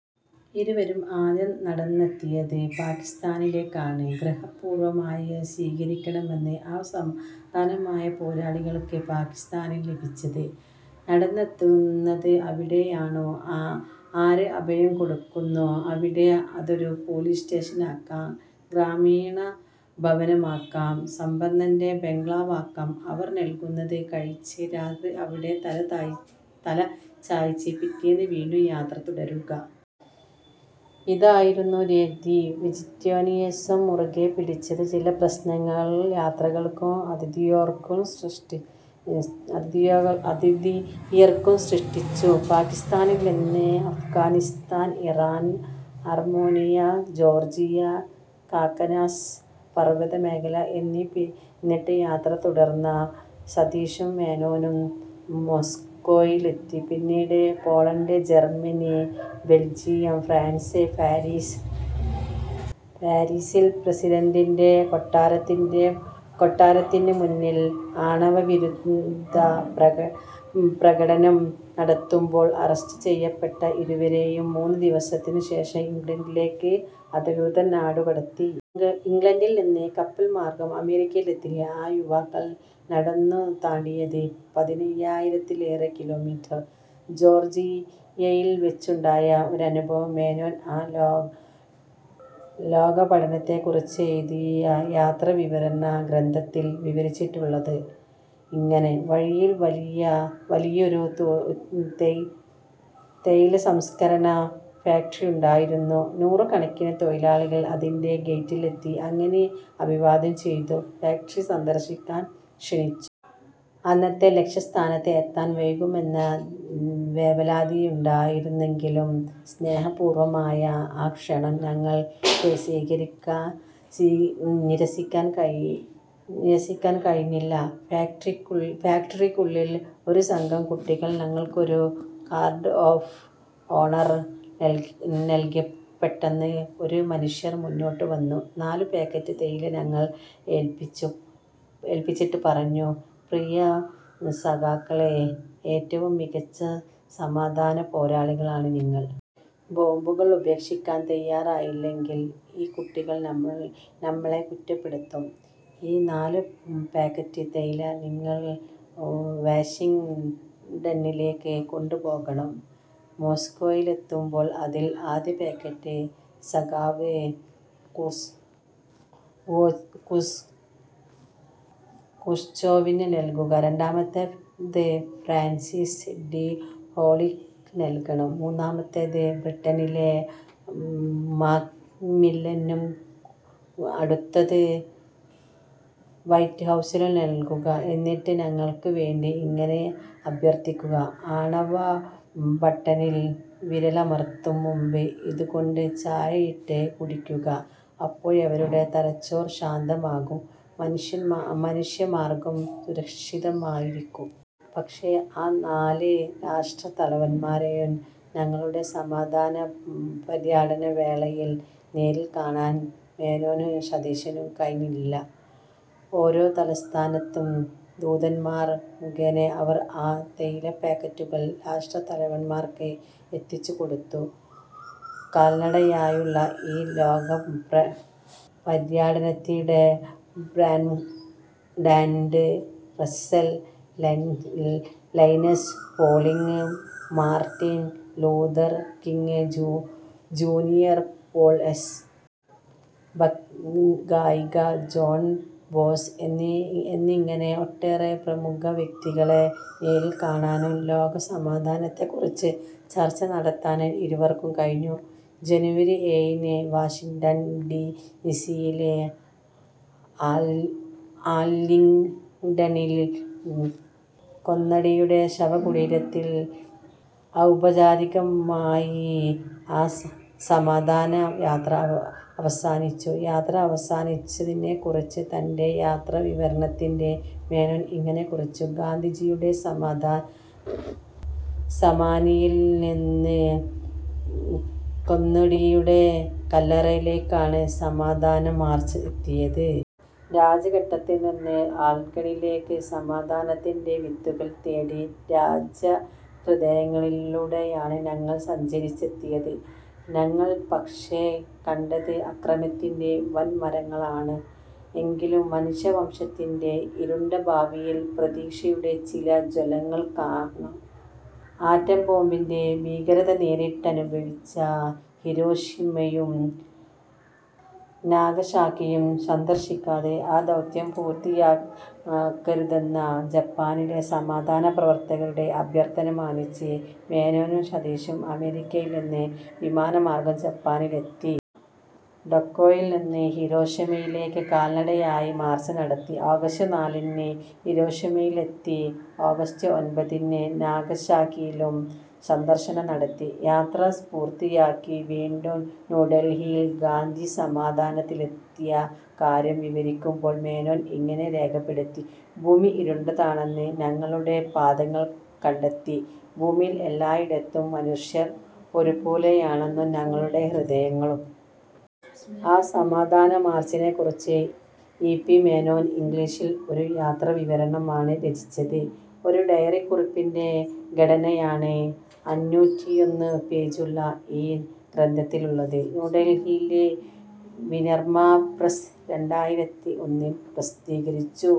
ഇരുവരും ആദ്യം നടന്നെത്തിയത് പാകിസ്താനിലേക്കാണ്. ഹൃദയപൂർവമായ സ്വീകരണമാണ് ആ സമാധാന പോരാളികൾക്ക് പാകിസ്താനിൽ ലഭിച്ചത്. നടന്നെത്തുന്നത് എവിടെയാണോ, ആര് അഭയം കൊടുക്കുന്നോ അവിടെ അതൊരു പോലീസ് സ്റ്റേഷനാകാം, ഗ്രാമീണഭവനമാകാം, സമ്പന്നന്റെ ബംഗ്ലാവാകാം അവർ നൽകുന്നത് കഴിച്ച് രാത്രി അവിടെ തലചായ്ച്ച് പിറ്റേന്ന് വീണ്ടും യാത്ര തുടരുക. ഇതായിരുന്നു രീതി. വെജിറ്റേറിയനിസം മുറുകെ പിടിച്ചത് ചില പ്രശ്നങ്ങൾ യാത്രികർക്കും ആതിഥേയർക്കും സൃഷ്ടിച്ചു. പാകിസ്താനിൽനിന്ന് Afghanistan, Iran, Armenia, Georgia, Caucasus പർവ്വതമേഖല എന്നിവ പിന്നിട്ട് യാത്ര തുടർന്ന സതീഷും മേനോനും മോസ്കോയിലെത്തി. പിന്നീട് പോളണ്ട്, ജർമനി, ബെൽജിയം, ഫ്രാൻസ്. പാരിസിൽ പ്രസിഡന്റിന്റെ കൊട്ടാരത്തിന് മുന്നിൽ ആണവവിരുദ്ധ പ്രകടനം നടത്തുമ്പോൾ അറസ്റ്റ് ചെയ്യപ്പെട്ട ഇരുവരെയും മൂന്നുദിവസത്തിന് ശേഷം ഇംഗ്ലണ്ടിലേക്ക് അധികൃതർ നാടുകടത്തി. ഇംഗ്ലണ്ടിൽ നിന്ന് കപ്പൽ മാർഗ്ഗം അമേരിക്കയിലെത്തിയ ആ യുവാക്കൾ നടന്നു താണ്ടിയത് പതിനയ്യായിരത്തിലേറേ കിലോമീറ്റർ. ജോർജിയയിൽ വെച്ചുണ്ടായ ഒരനുഭവം മേനോൻ ആ ലോകപര്യടനത്തെക്കുറിച്ചെഴുതിയ യാത്രാവിവരണ ഗ്രന്ഥത്തിൽ വിവരിച്ചിട്ടുള്ളത് ഇങ്ങനെ. വഴിയിൽ വലിയൊരു തേയില സംസ്ക്കരണ ഫാക്ടറിയുണ്ടായിരുന്നു. നൂറുകണക്കിന് തൊഴിലാളികൾ അതിന്റെ ഗേറ്റിലെത്തി ഞങ്ങളെ അഭിവാദ്യം ചെയ്തു. ഫാക്ടറി സന്ദർശിക്കാൻ ക്ഷണിച്ചു. അന്നത്തെ ലക്ഷ്യസ്ഥാനത്ത് എത്താൻ വൈകുമെന്ന വേവലാതിയുണ്ടായിരുന്നെങ്കിലും, സ്നേഹപൂർവമായ ആ ക്ഷണം ഞങ്ങൾക്ക് നിരസിക്കാൻ കഴിഞ്ഞില്ല. ഫാക്ടറിക്കുള്ളിൽ ഒരുസംഘം കുട്ടികൾ ഞങ്ങൾക്കൊരു ഗാർഡ് ഓഫ് ഓണൽ നൽകിപെട്ടെന്ന് ഒരു മനുഷ്യൻ മുന്നോട്ട് വന്ന് നാലുപാക്കറ്റ് തേയില ഞങ്ങളെ ഏൽപ്പിച്ചിട്ട് പറഞ്ഞു: പ്രിയ സഖാക്കളേ, ഏറ്റവും മികച്ച സമാധാന പോരാളികളാണ് നിങ്ങൾ. ബോംബുകളുപേക്ഷിക്കാൻ തയ്യാറായില്ലെങ്കിൽ ഈ കുട്ടികൾ നമ്മളെ കുറ്റപ്പെടുത്തും. ഈ നാലുപാക്കറ്റ് തേയില നിങ്ങൾ വാഷിങ്ടണിലേക്ക് കൊണ്ടുപോകണം. മോസ്കോയിലെത്തുമ്പോൾ ഇതിൽ ആദ്യ പാക്കറ്റ് സഖാവ് ക്രൂഷ്ച്ചേവിന് നൽകുക, രണ്ടാമത്തേത് ഫ്രാൻസിൽ ഡി ഗോളിക്ക് നൽകണം. മൂന്നാമത്തേത് ബ്രിട്ടനിലെ മാക്മില്ലണും, അടുത്തത് വൈറ്റ്ഹൗസിലും നൽകുക. എന്നിട്ട് ഞങ്ങൾക്ക് വേണ്ടി ഇങ്ങനെ അഭ്യർഥിക്കുക: 'ആണവബട്ടണിൽ വിരലമർത്തുംമുമ്പ് ഇതുകൊണ്ട് ചായയിട്ട് കുടിക്കുക' അപ്പോഴവരുടെ തലച്ചോർ ശാന്തമാകും മനുഷ്യ, മനുഷ്യവർഗം സുരക്ഷിതമായിരിക്കും. ' പക്ഷേ, ആ നാല് രാഷ്ട്രതലവൻമാരെയും തങ്ങളുടെ സമാധാന പര്യടനവേളയിൽ നേരിൽ കാണാൻ മേനോനും സതീഷിനും കഴിഞ്ഞില്ല. ഓരോ തലസ്ഥാനത്തും ദൂതൻമാർ മുഖേന അവർ ആ തേയിലപാക്കറ്റുകൾ രാഷ്ട്രതലവൻമാർക്ക് എത്തിച്ചുകൊടുത്തു. കാൽനടയായുള്ള ആ ലോകപര്യടനത്തിനിടെ Bertrand Russell, Linus Pauling, Martin Luther King Junior, Pearl S. Buck, ഗായിക ജോൺ ബേസ് എന്നിങ്ങനെ ഒട്ടേറെ പ്രമുഖ വ്യക്തികളെ നേരിൽ കാണാനും ലോകസമാധാനത്തെക്കുറിച്ച് ചർച്ച നടത്താനും ഇരുവർക്കും കഴിഞ്ഞു. ജനുവരി ഏഴിന് വാഷിങ്ടൺ ഡി സിയിലെ ആർലിങ്ടണിൽ കെന്നഡിയുടെ ശവകുടീരത്തിൽ ഔപചാരികമായി ആ സമാധാന യാത്ര അവസാനിച്ചു. യാത്ര അവസാനിച്ചതിനെക്കുറിച്ച് തന്റെ യാത്രാവിവരണത്തിൽ മേനോൻ ഇങ്ങനെ കുറിച്ചു: 'ഗാന്ധിജിയുടെ സമാധിയിൽനിന്ന് കെന്നഡിയുടെ കല്ലറയിലേക്കാണ് സമാധാന മാർച്ച് എത്തിയത്. രാജ്ഘട്ടിൽനിന്ന് ആർലിങ്ടണിലേക്ക്! സമാധാനത്തിന്റെ വിത്തുകൾ തേടി രാജ്യഹൃദയങ്ങളിലൂടെയാണ് ഞങ്ങൾ സഞ്ചരിച്ചെത്തിയത്. ഞങ്ങൾ പക്ഷേ, കണ്ടത് അക്രമത്തിന്റെ വൻമരങ്ങളാണ്! എങ്കിലും, മനുഷ്യവംശത്തിന്റെ ഇരുണ്ട ഭാവിയിൽ പ്രതീക്ഷയുടെ ചില ജ്വാലകൾ കാണാം'. ആറ്റംബോംബിന്റെ ഭീകരത നേരിട്ടനുഭവിച്ച ഹിരോഷിമയും നാഗസാക്കിയും സന്ദർശിക്കാതെ ആ ദൗത്യം പൂർത്തിയാക്കരുതെന്ന ജപ്പാനിലെ സമാധാന പ്രവർത്തകരുടെ അഭ്യർഥന മാനിച്ച് മേനോനും സതീഷും അമേരിക്കയിൽനിന്ന് വിമാനമാർഗ്ഗം ജപ്പാനിലെത്തി. ടോക്യോയിൽനിന്ന് ഹിരോഷിമയിലേക്ക് കാൽനടയായി മാർച്ച് നടത്തി. ആഗസ്റ്റ് നാലിന് ഹിരോഷിമയിലെത്തി ആഗസ്റ്റ് ഒൻപതിന് നാഗസാക്കിയിലും സന്ദർശനം നടത്തി. യാത്ര പൂർത്തിയാക്കി വീണ്ടും ന്യൂഡൽഹിയിൽ ഗാന്ധി സമാധിയിലെത്തിയ കാര്യം വിവരിക്കുമ്പോൾ മേനോൻ ഇങ്ങനെ രേഖപ്പെടുത്തി: 'ഭൂമി ഉരുണ്ടതാണെന്ന് ഞങ്ങളുടെ പാദങ്ങൾ കണ്ടെത്തി, ഭൂമിയിൽ എല്ലായിടത്തും മനുഷ്യർ ഒരുപോലെയാണെന്ന് ഞങ്ങളുടെ ഹൃദയങ്ങളും'. ആ സമാധാന മാർച്ചിനെക്കുറിച്ച് ഇ. പി. മേനോൻ ഇംഗ്ലീഷിൽ ഒരു യാത്രാവിവരണമാണ് രചിച്ചത്. ഒരു ഡയറിക്കുറിപ്പിന്റെ ഘടനയാണ് അഞ്ഞൂറ്റിയെട്ടു പേജുള്ള ഈ ഗ്രന്ഥത്തിനുള്ളത്. ന്യൂഡൽഹിയിലെ മിനർവ പ്രസ്സ് രണ്ടായിരത്തിഒന്നിൽ പ്രസിദ്ധീകരിച്ചു